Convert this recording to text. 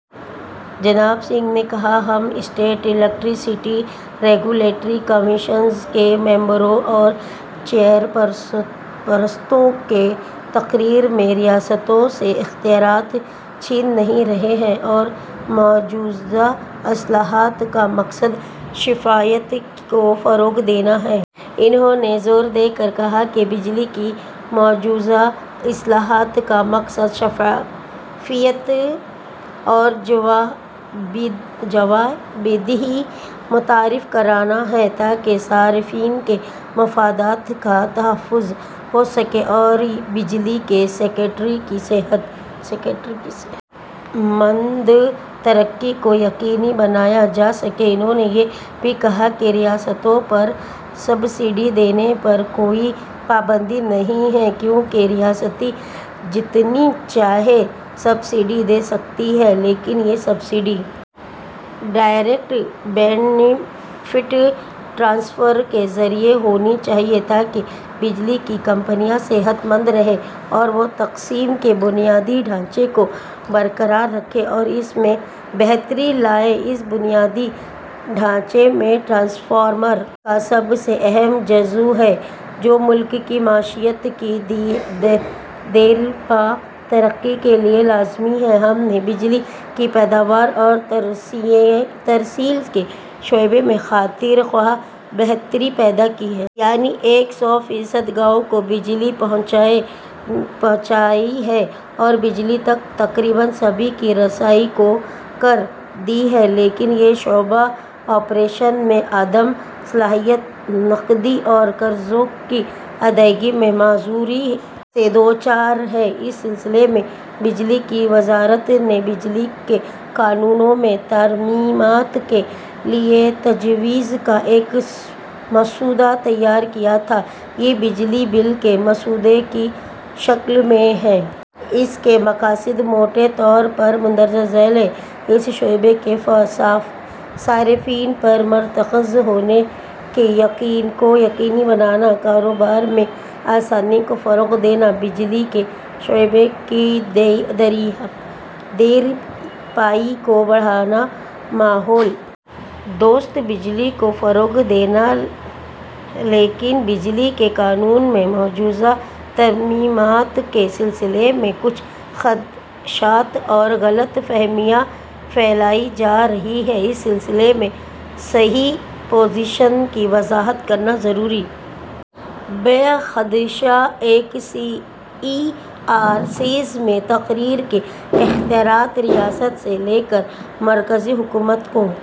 جناب سنگھ نے کہا ہم اسٹیٹ الیکٹریسٹی ریگولیٹری کمیشنز کے ممبروں اور چیئرپرسنوں کے تقرر میں ریاستوں سے اختیارات چھین نہیں رہے ہیں اور مجوزہ اصلاحات کا مقصد شفافیت کو فروغ دینا ہے انہوں نے زور دے کر کہا کہ بجلی کی مجوزہ اصلاحات کا مقصد شفافیت اور جوابدہی متعارف کرانا ہے تاکہ صارفین کے مفادات کا تحفظ ہو سکے اور بجلی کے سیکٹر کی صحت مند ترقی کو یقینی بنایا جا سکے انہوں نے یہ بھی کہا کہ ریاستوں پر سبسڈی دینے پر کوئی پابندی نہیں ہے کیونکہ ریاستیں جتنی چاہیں سبسڈی دے سکتی ہیں لیکن یہ سبسڈی ڈائریکٹ بینیفٹ ٹرانسفر کے ذریعے ہونی چاہیے تاکہ بجلی کی کمپنیاں صحت مند رہیں اور وہ تقسیم کے بنیادی ڈھانچے کو برقرار رکھیں اور اس میں بہتری لائیں اس بنیادی ڈھانچے میں ٹرانسفارمر کا سب سے اہم جزو ہے جو ملک کی معیشت کی دیرپا ترقی کے لیے لازمی ہے ہم نے بجلی کی پیداوار اور ترسیل کے شعبے میں خاطر خواہ بہتری پیدا کی ہے یعنی ایک سو فیصد گاؤں کو بجلی پہنچائی ہے اور بجلی تک تقریباً سبھی کی رسائی کر دی ہے لیکن یہ شعبہ آپریشن میں عدم صلاحیت نقدی اور قرضوں کی ادائیگی میں معذوری سے دوچار ہے اس سلسلے میں بجلی کی وزارت نے بجلی کے قانون میں ترمیمات کے لیے تجویز کا ایک مسودہ تیار کیا تھا یہ بجلی بل کے مسودے کی شکل میں ہے اس کے مقاصد موٹے طور پر مندرجہ ذیل ہیں اس شعبے کے صارفین پر مرتکز ہونے کو یقینی بنانا کاروبار میں آسانی کو فروغ دینا بجلی کے شعبے کی دیرپائی کو بڑھانا ماحول دوست بجلی کو فروغ دینا لیکن بجلی کے قانون میں مجوزہ ترمیمات کے سلسلے میں کچھ خدشات اور غلط فہمیاں پھیلائی جا رہی ہیں اس سلسلے میں صحیح پوزیشن کی وضاحت کرنا ضروری ہے خدشہ ایک سی ای آر سیز میں تقرر کے اختیارات ریاست سے لے کر مرکزی حکومت کو